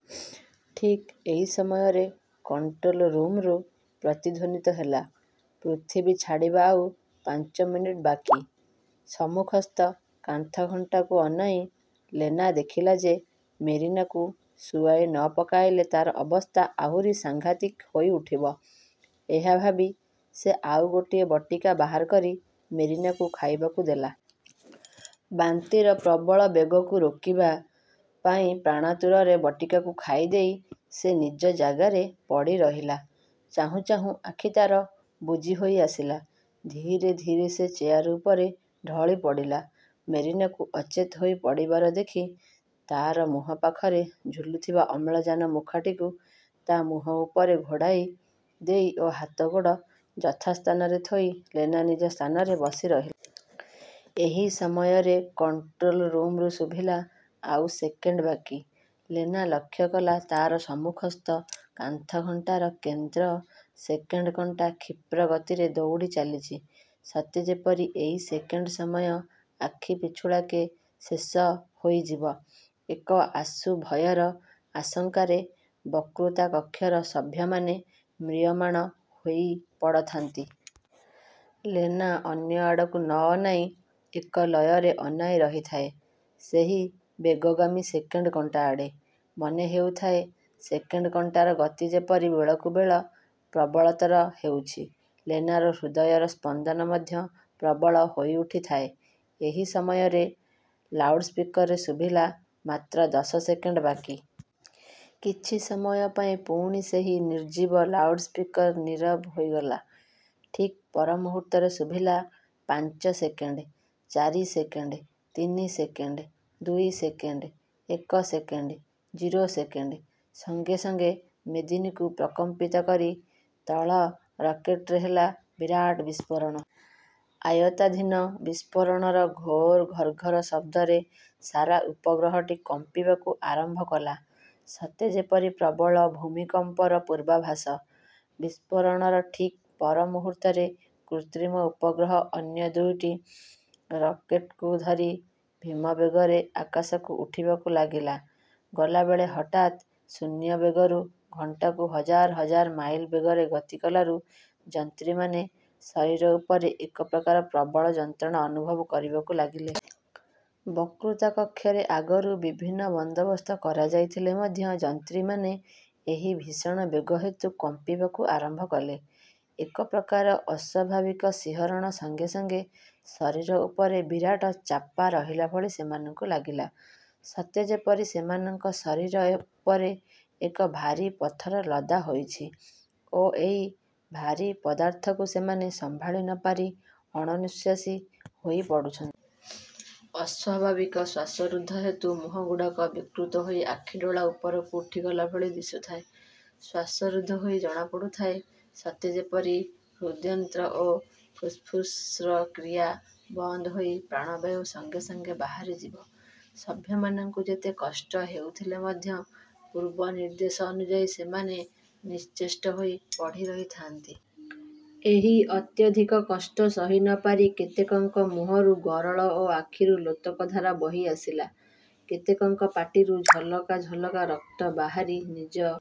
ଠିକ୍ ଏହି ସମୟରେ କଣ୍ଟ୍ରୋଲରୁମ୍ରୁ ପ୍ରତିଧ୍ୱନିତ ହେଲା, ''ପୃଥିବୀ ଛାଡ଼ିବା ଆଉ ପାଞ୍ଚ ମିନିଟ୍ ବାକି-। '' ସମ୍ମୁଖସ୍ଥ କାନ୍ଥ ଘଣ୍ଟାକୁ ଅନାଇ ଲେନା ଦେଖିଲା ଯେ ମେରିନାକୁ ଶୁଆଇ ନ ପକାଇଲେ ତାର ଅବସ୍ଥା ଆହୁରି ସାଙ୍ଘାତିକ ହୋଇଉଠିବ। ଏହାଭାବି ସେ ଆଉ ଗୋଟିଏ ବଟିକା ବାହାର କରି ମେରିନାକୁ ଖାଇବାକୁ ଦେଲା। ବାନ୍ତିର ପ୍ରବଳ ବେଗକୁ ରୋକିବା। ପାଇଁ ପ୍ରାଣାତୁରରେ ବଟିକାକୁ ଖାଇଦେଇ ସେ ନିଜ ଜାଗାରେ ପଡ଼ିରହିଲା। ଚାହୁଁ ଚାହୁଁ ଆଖି ତାର ବୁଜି ହୋଇ ଆସିଲା-। ଧୀରେ ଧୀରେ ସେ ଚେୟାର ଉପରେ ଢଳିପଡ଼ିଲା। ମେରିନାକୁ ଅଚେତ ହୋଇ ପଡ଼ିବାର ଦେଖି ତା'ର ମୁହଁ ପାଖରେ ଝୁଲୁଥିବା ଅମ୍ଳଜାନ ମୁଖାଟିକୁ ତା' ମୁହଁ ଉପରେ ଘୋଡ଼ାଇ ଦେଇ ଓ ହାତ ଗୋଡ଼ ଯଥାସ୍ଥାନରେ ଥୋଇ ଲେନା ନିଜ ସ୍ଥାନରେ ବସିରହିଲା। ଏହି ସମୟରେ କଣ୍ଟ୍ରୋଲ ରୁମ୍ରୁ ଶୁଭିଲା, ''ଆଉ ସେକେଣ୍ଡ ବାକି। '' ଲେନା ଲକ୍ଷ୍ୟ କଲା, ତାର ସମ୍ମୁଖସ୍ଥ କାନ୍ଥଘଣ୍ଟାର କେନ୍ଦ୍ର ସେକେଣ୍ଡ କଣ୍ଟା କ୍ଷିପ୍ରଗତିରେ ଦୌଡ଼ିଚାଲିଚି; ସତେ ଯେପରି ଏହି ସେକେଣ୍ଡ ସମୟ ଆଖିପିଛୁଳାକେ ଶେଷ ହୋଇଯିବ। ଏକ ଆଶୁ ଭୟର ଆଶଙ୍କାରେ ବକ୍ତୃତା କକ୍ଷର ସଭ୍ୟମାନେ ମ୍ରିୟମାଣ ହୋଇପଡ଼ଥାନ୍ତି। ଲେନା ଅନ୍ୟ ଆଡ଼କୁ ନ ଅନାଇ ଏକଲୟରେ ଅନାଇ ରହିଥାଏ, ସେହି ବେଗଗାମୀ ସେକେଣ୍ଡ କଣ୍ଟାଆଡ଼େ। ମନେ ହେଉଥାଏ, ସେକେଣ୍ଡ କଣ୍ଟାର ଗତି ଯେପରି ବେଳକୁ ବେଳ ପ୍ରବଳତର ହେଉଛି। ଲେନାର ହୃଦୟର ସ୍ପନ୍ଦନ ମଧ୍ୟ ପ୍ରବଳ ହୋଇଉଠିଥାଏ। ଏହି ସମୟରେ ଲାଉଡ଼୍ସ୍ପିକର୍ରେ ଶୁଭିଲା, ''ମାତ୍ର ଦଶ ସେକେଣ୍ଡ ବାକି। '' କିଛି ସମୟ ପାଇଁ ପୁଣି ସେହି ନିର୍ଜୀବ ଲାଉଡ଼୍ସ୍ପିକର୍ନୀରବ ହୋଇଗଲା। ଠିକ୍ ପରମୁହୂର୍ତ୍ତରେ ଶୁଭିଲା, ''ପାଞ୍ଚ ସେକେଣ୍ଡ, ଚାରି ସେକେଣ୍ଡ, ତିନି ସେକେଣ୍ଡ, ଦୁଇ ସେକେଣ୍ଡ, ଏକ ସେକେଣ୍ଡ, ଜିରୋ ସେକେଣ୍ଡ। '' ସଙ୍ଗେ ସଙ୍ଗେ ମେଦିନୀକୁ ପ୍ରକମ୍ପିତ କରି ତଳ ରକେଟ୍ରେ ହେଲା ବିରାଟ ବିସ୍ଫୋରଣ। ଆୟତ୍ତାଧୀନ ବିସ୍ଫୋରଣର ଘୋର ଘର୍ଘର ଶବ୍ଦରେ ସାରା ଉପଗ୍ରହଟି କମ୍ପିବାକୁ ଆରମ୍ଭ କଲା; ସତେ ଯେପରି ପ୍ରବଳ ଭୂମିକମ୍ପର ପୂର୍ବାଭାସ। ବିସ୍ପୋରଣର ଠିକ୍ ପରମୁହୂର୍ତ୍ତରେ କୃତ୍ରିମ ଉପଗ୍ରହ ଅନ୍ୟ ଦୁଇଟି ରକେଟ୍କୁ ଧରି ଭୀମ ବେଗରେ ଆକାଶକୁ ଉଠିବାକୁ ଲାଗିଲା। ଗଲାବେଳେ ହଠାତ୍ ଶୂନ୍ୟ ବେଗରୁ ଘଣ୍ଟାକୁ ହଜାର ହଜାର ମାଇଲ ବେଗରେ ଗତିକଲାରୁ ଯାନ୍ତ୍ରୀମାନେ ଶରୀର ଉପରେ ଏକପ୍ରକାର ପ୍ରବଳ ଯନ୍ତ୍ରଣା ଅନୁଭବ କରିବାକୁ ଲାଗିଲେ। ବକ୍ତୃତା କକ୍ଷରେ ଆଗରୁ ବିଭିନ୍ନ ବନ୍ଦୋବସ୍ତ କରାଯାଇଥିଲେ ମଧ୍ୟ ଯାନ୍ତ୍ରୀମାନେ ଏହି ଭୀଷଣ ବେଗ ହେତୁ କମ୍ପିବାକୁ ଆରମ୍ଭ କଲେ। ଏକ ପ୍ରକାର ଅସ୍ୱାଭାବିକ ଶିହରଣ ସଙ୍ଗେ ସଙ୍ଗେ ଶରୀର ଉପରେ ବିରାଟ ଚାପା ରହିଲା ଭଳି ସେମାନଙ୍କୁ ଲାଗିଲା; ସତେ ଯେପରି ସେମାନଙ୍କ ଶରୀର ଉପରେ ଏକ ଭାରୀ ପଥର ଲଦା ହୋଇଛି ଓ ଏହି ଭାରୀ ପଦାର୍ଥକୁ ସେମାନେ ସମ୍ଭାଳି ନପାରି ଅଣନିଶ୍ୱାସୀ ହୋଇପଡ଼ୁଛନ୍ତି। ଅସ୍ୱାଭାବିକ ଶ୍ୱାସରୁଦ୍ଧ ହେତୁ ମୁହଁଗୁଡ଼ାକ ବିକ୍ତୃତ ହୋଇ ଆଖିଡୋଳା ଉପରକୁ ଉଠିଗଲା ଭଳି ଦିଶୁଥାଏ। ଶ୍ୱାସରୁଦ୍ଧ ହୋଇ ଜଣାପଡ଼ୁଥାଏ ସତେ ଯେପରି ହୃଦ୍ଯନ୍ତ୍ର ଓ ଫୁସ୍ଫୁସ୍ର କ୍ରିୟା ବନ୍ଦ ହୋଇ ପ୍ରାଣବାୟୁ ସଙ୍ଗେ ସଙ୍ଗେ ବାହାରିଯିବ। ସଭ୍ୟମାନଙ୍କୁ ଯେତେ କଷ୍ଟ ହେଉଥିଲେ ମଧ୍ୟ ପୂର୍ବ ନିର୍ଦ୍ଦେଶ ଅନୁଯାୟୀ ସେମାନେ ନିଶ୍ଚେଷ୍ଟ ହୋଇ ପଡ଼ିରହିଥାନ୍ତି। ଏହି ଅତ୍ୟଧିକ କଷ୍ଟ ସହି ନପାରି କେତେକଙ୍କ ମୁହଁରୁ ଗରଳ ଓ ଆଖିରୁ ଲୋତକଧାରା ବହିଆସିଲା। କେତେକଙ୍କ ପାଟିରୁ ଝଲକା ଝଲକା ରକ୍ତ ବାହାରି ନିଜ